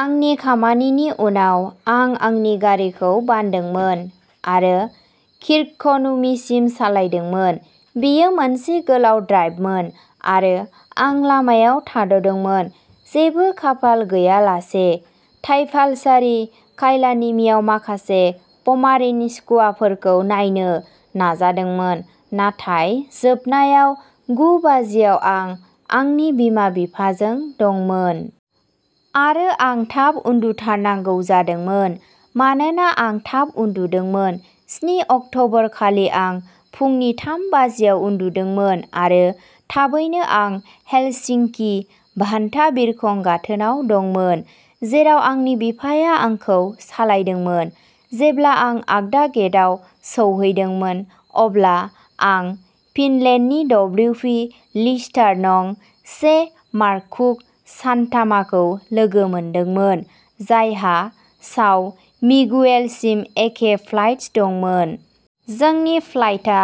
आंनि खामानिनि उनाव, आं आंनि गारिखौ बानदोंमोन आरो किर्कक'नुमिसिम सालायदोंमोन। बेयो मोनसे गोलाव ड्राइभमोन आरो आं लामायाव थाद'दोंमोन, जेबो खाफाल गैयालासे ताइपालसारि काइलानिमिआव माखासे प'मारिन स्कुआफोरखौ नायनो नाजादोंमोन, नाथाय जोबनायाव गु बाजियाव आं आंनि बिमा-बिफाजों दंमोन। आरो आं थाब उन्दुथारनांगौ जादोंमोन मानोना आं थाब उन्दुदोंमोन। स्नि अक्ट'बरखालि आं फुंनि थाम बाजियाव उन्दुदोंमोन आरो थाबैनो आं हेलसिंकि भान्टा बिरखं गाथोनाव दंमोन, जेराव आंनि बिफाया आंखौ सालायदोंमोन। जेब्ला आं आगदा गेटआव सौहैदोंमोन, अब्ला आं फिनलेन्डनि डब्लिउपि-लिस्टार नं से मार्ककु सान्टामाखौ लोगो मोनदोंमोन, जायहा साव मिगुवेलसिम एखे फ्लाइट्स दंमोन। जोंनि फ्लाइटा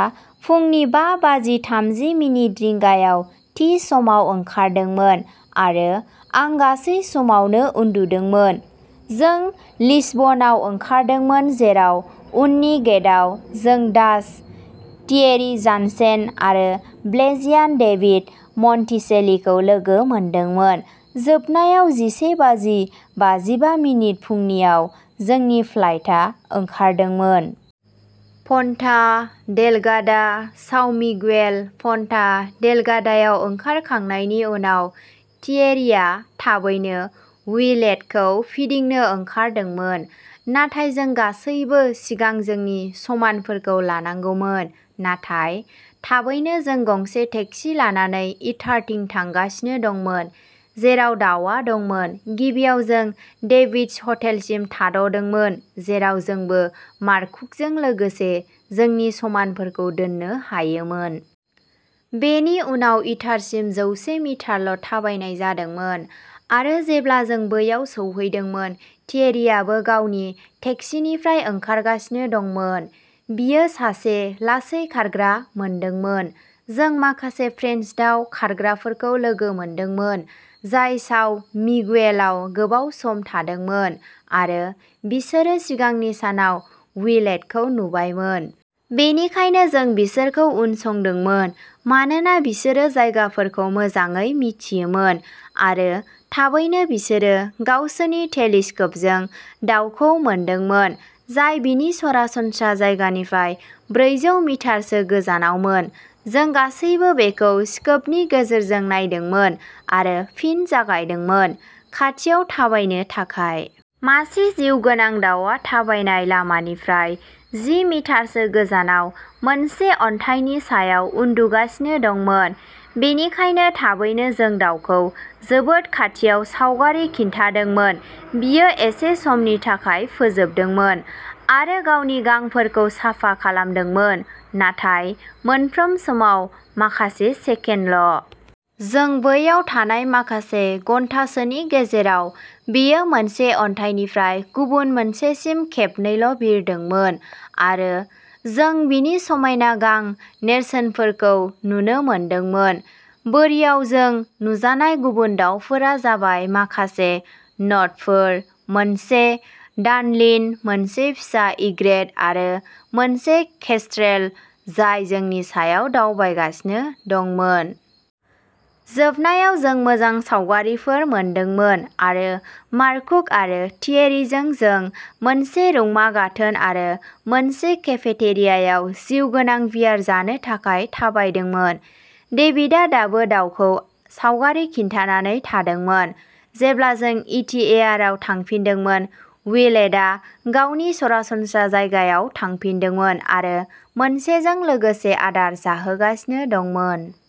फुंनि बा बाजि थामजि मिनिट रिंगायाव थि समाव ओंखारदोंमोन आरो आं गासै समावनो उन्दुदोंमोन। जों लिसबनआव ओंखारदोंमोन जेराव उननि गेटआव जों डाच थियेरि जानसेन आरो बेल्जियान डेभिड मन्टिसेलिखौ लोगो मोनदोंमोन। जोबनायाव जिसे बाजि बाजिबा मिनिट फुंनि आव जोंनि फ्लाइटा ओंखारदोंमोन। पन्टा डेलगाडा, साव मिगुएल। पन्टा डेलगाडायाव ओंखारखांनायनि उनाव थियेरीआ थाबैनो विलेटखौ फिदिंनो ओंखारदोंमोन, नाथाय जों गासैबो सिगां जोंनि समानफोरखौ लांनांगौमोन। नाथाय थाबैनो जों गंसे टेक्सि लानानै इटारथिं थांगासिनो दंमोन, जेराव दाउआ दंमोन। गिबियाव जों डेभिडस हटेलसिम थाद'दोंमोन, जेराव जोंबो मार्ककुजों लोगोसे जोंनि समानफोरखौ दोननो हायोमोन। बेनि उनाव इटारसिम जौसे मिटारल' थाबायनाय जादोंमोन। आरो जेब्ला जों बैयाव सौहैदोंमोन, थियेरीआबो गावनि टेक्सीनिफ्राय ओंखारगासिनो दंमोन, बियो सासे लासै खारग्रा मोनदोंमोन। जों माखासे फ्रेन्स दाव खारग्राफोरखौ लोगो मोनदोंमोन, जाय साव मिगुएलआव गोबाव सम थादोंमोन आरो बिसोरो सिगांनि सानाव विलेटखौ नुबायमोन। बेनिखायनो जों बिसोरखौ उनसंदोंमोन मानोना बिसोरो जायगाफोरखौ मोजाङै मिथियोमोन। आरो थाबैनो बिसोरो गावसोरनि टेलिस्कोपजों दावखौ मोनदोंमोन, जाय बिनि सरासनस्रा जायगानिफ्राय ब्रैजौ मिटारसो गोजानावमोन। जों गासैबो बेखौ स्कोपनि गेजेरजों नायदोंमोन आरो फिन जागायदोंमोन। खाथियाव थाबायनो थाखाय। मासे जिउगोनां दाउआ थाबायनाय लामानिफ्राय जि मिटारसो गोजानाव मोनसे अन्थाइनि सायाव उन्दुगासिनो दंमोन। बेनिखायनो थाबैनो जों दाउखौ जोबोद खाथियाव सावगारि खिन्थादोंमोन बियो एसे समनि थाखाय फोजोबदोंमोन आरो गावनि गांफोरखौ साफा खालामदोंमोन, नाथाय मोनफ्रोम समाव माखासे सेकेन्डल'। जों बैयाव थानाय माखासे घन्टासोनि गेजेराव, बेयो मोनसे अन्थाइनिफ्राय गुबुन मोनसेसिम खेबनैल' बिरदोंमोन आरो जों बिनि समायना गां-नेरसोनफोरखौ नुनो मोनदोंमोन। बोरियाव जों नुजानाय गुबुन दाउफोरा जाबाय माखासे नटफोर, मोनसे डानलिन, मोनसे फिसा इग्रेत आरो मोनसे केस्ट्रेल जाय जोंनि सायाव दावबायगासिनो दंमोन। जोबनायाव जों मोजां सावगारिफोर मोनदोंमोन आरो मार्ककु आरो थियेरीजों जों मोनसे रुंमा गाथोन आरो मोनसे केफेटेरियायाव जिउगोनां-बियार जानो थाखाय थाबायदोंमोन। डेभिडआ दाबो दाउखौ सावगारि खिन्थानानै थादोंमोन। जेब्ला जों इटिएआरआव थांफिनदोंमोन, विलेटआ गावनि सरासनस्रा जायगायाव थांफिनदोंमोन आरो मोनसेजों लोगोसे आदार जाहोगासिनो दंमोन।